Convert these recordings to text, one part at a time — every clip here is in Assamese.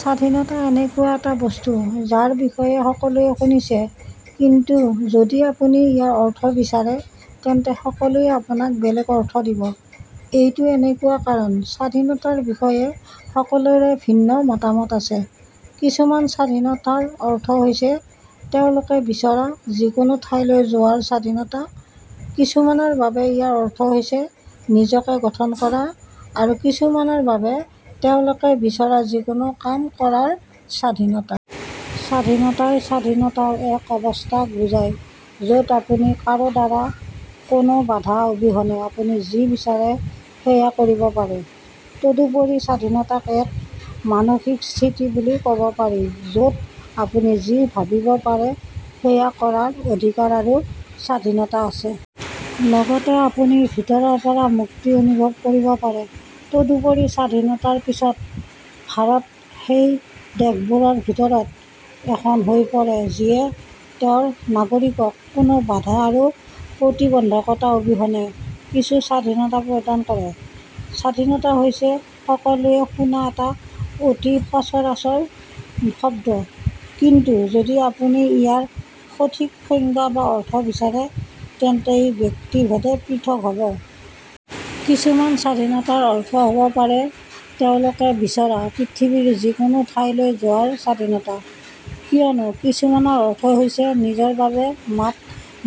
স্বাধীনতা এনেকুৱা এটা বস্তু যাৰ বিষয়ে সকলোৱে শুনিছে কিন্তু যদি আপুনি ইয়াৰ অৰ্থ বিচাৰে তেন্তে সকলোৱে আপোনাক বেলেগ অৰ্থ দিব। এইটো এনেকুৱা কাৰণ স্বাধীনতাৰ বিষয়ে সকলোৰে ভিন্ন মতামত আছে। কিছুমান স্বাধীনতাৰ অৰ্থ হৈছে তেওঁলোকে বিচৰা যিকোনো ঠাইলৈ যোৱাৰ স্বাধীনতা, কিছুমানৰ বাবে ইয়াৰ অৰ্থ হৈছে নিজকে গঠন কৰা, আৰু কিছুমানৰ বাবে, তেওঁলোকে বিচৰা যিকোনো কাম কৰাৰ স্বাধীনতা। স্বাধীনতাই স্বাধীনতাৰ এক অৱস্থাক বুজায় য'ত আপুনি কাৰো দ্বাৰা কোনো বাধা অবিহনে আপুনি যি বিচাৰে সেয়া কৰিব পাৰে। তদুপৰি, স্বাধীনতাক এক মানসিক স্থিতি বুলি ক'ব পাৰি য'ত আপুনি যি ভাবিব পাৰে সেয়া কৰাৰ অধিকাৰ আৰু স্বাধীনতা আছে। লগতে, আপুনি ভিতৰৰ পৰা মুক্তি অনুভৱ কৰিব পাৰে। তদুপৰি, স্বাধীনতাৰ পিছত ভাৰত সেই দেশবোৰৰ ভিতৰত এখন হৈ পৰে যিয়ে তেওঁৰ নাগৰিকক কোনো বাধা আৰু প্ৰতিবন্ধকতা অবিহনে কিছু স্বাধীনতা প্ৰদান কৰে। স্বাধীনতা হৈছে সকলোৱে শুনা এটা অতি সচৰাচৰ শব্দ কিন্তু যদি আপুনি ইয়াৰ সঠিক সংজ্ঞা বা অৰ্থ বিচাৰে তেন্তে ই ব্যক্তি ভেদে পৃথক হ'ব। কিছুমান স্বাধীনতাৰ অৰ্থ হ'ব পাৰে তেওঁলোকে বিচৰা পৃথিৱীৰ যিকোনো ঠাইলৈ যোৱাৰ স্বাধীনতা, কিয়নো কিছুমানৰ অৰ্থ হৈছে নিজৰ বাবে মাত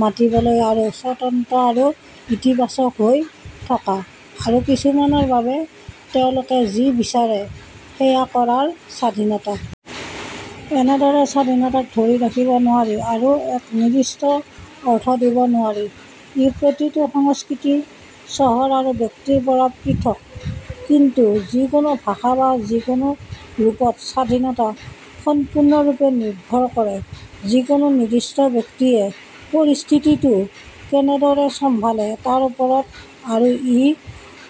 মাতিবলৈ আৰু স্বতন্ত্ৰ আৰু ইতিবাচক হৈ থকা, আৰু কিছুমানৰ বাবে, তেওঁলোকে যি বিচাৰে সেয়া কৰাৰ স্বাধীনতা। এনেদৰে স্বাধীনতাক ধৰি ৰাখিব নোৱাৰি আৰু এক নিৰ্দিষ্ট অৰ্থ দিব নোৱাৰি। ই প্ৰতিটো সংস্কৃতি, চহৰ আৰু ব্যক্তিৰ পৰা পৃথক। কিন্তু যিকোনো ভাষা বা যিকোনো ৰূপত স্বাধীনতা সম্পূৰ্ণৰূপে নিৰ্ভৰ কৰে যিকোনো নিৰ্দিষ্ট ব্যক্তিয়ে পৰিস্থিতিটো কেনেদৰে চম্ভালে তাৰ ওপৰত আৰু ই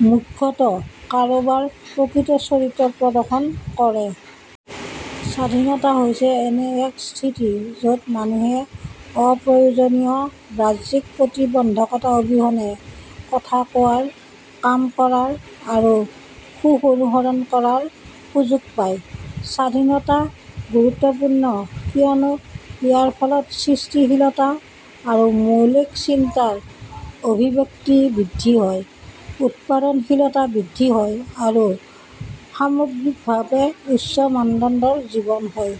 মুখ্যতঃ কাৰোবাৰ প্ৰকৃত চৰিত্ৰ প্ৰদৰ্শন কৰে। স্বাধীনতা হৈছে এনে এক স্থিতি য'ত মানুহে অপ্ৰয়োজনীয় বাহ্যিক প্ৰতিবন্ধকতা অবিহনে কথা কোৱাৰ, কাম কৰাৰ আৰু সুখ অনুসৰণ কৰাৰ সুযোগ পায়। স্বাধীনতা গুৰুত্বপূৰ্ণ কিয়নো ইয়াৰ ফলত সৃষ্টিশীলতা আৰু মৌলিক চিন্তাৰ অভিব্যক্তি বৃদ্ধি হয়, উৎপাদনশীলতা বৃদ্ধি হয়, আৰু সামগ্ৰিকভাৱে উচ্চ মানদণ্ডৰ জীৱন হয়।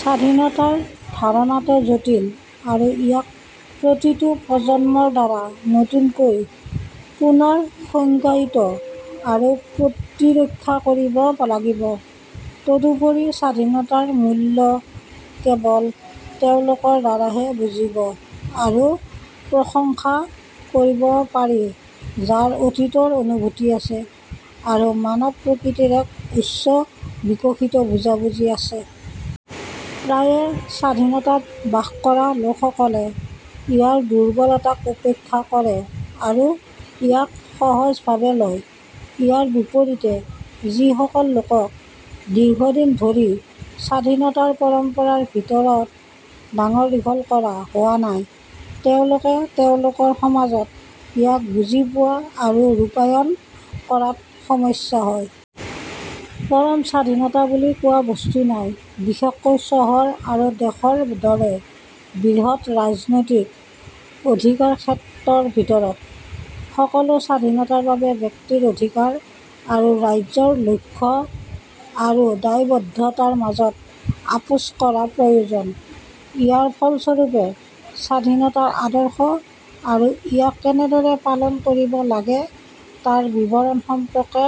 স্বাধীনতাৰ ধাৰণাটো জটিল, আৰু ইয়াক প্ৰতিটো প্ৰজন্মৰ দ্বাৰা নতুনকৈ পুনৰ সংজ্ঞায়িত আৰু প্ৰতিৰক্ষা কৰিব লাগিব। তদুপৰি, স্বাধীনতাৰ মূল্য কেৱল তেওঁলোকৰ দ্বাৰাহে বুজিব আৰু প্ৰশংসা কৰিব পাৰি যাৰ অতীতৰ অনুভূতি আছে আৰু মানৱ প্ৰকৃতিৰ এক উচ্চ বিকশিত বুজাবুজি আছে। প্ৰায়ে, স্বাধীনতাত বাস কৰা লোকসকলে ইয়াৰ দুৰ্বলতাক উপেক্ষা কৰে আৰু ইয়াক সহজ ভাৱে লয়। ইয়াৰ বিপৰীতে, যিসকল লোকক দীৰ্ঘদিনধৰি স্বাধীনতাৰ পৰম্পৰাৰ ভিতৰত ডাঙৰ-দীঘল কৰা হোৱা নাই, তেওঁলোকে তেওঁলোকৰ সমাজত ইয়াক বুজিপোৱা আৰু ৰূপায়ণ কৰাত সমস্যা হয়। পৰম স্বাধীনতা বুলি কোনো বস্তু নাই, বিশেষকৈ চহৰ আৰু দেশৰ দৰে বৃহৎ ৰাজনৈতিক অধিকাৰক্ষেত্ৰৰ ভিতৰত। সকলো স্বাধীনতাৰ বাবে ব্যক্তিৰ অধিকাৰ আৰু ৰাজ্যৰ লক্ষ্য আৰু দায়বদ্ধতাৰ মাজত আপোচ কৰা প্ৰয়োজন। ইয়াৰ ফলস্বৰূপে, স্বাধীনতাৰ আদৰ্শ আৰু ইয়াক কেনেদৰে পালন কৰিব লাগে তাৰ বিৱৰণ সম্পৰ্কে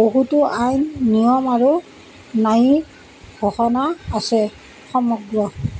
বহুতো আইন, নিয়ম আৰু ন্যায়িক ঘোষণা আছে। সমগ্ৰ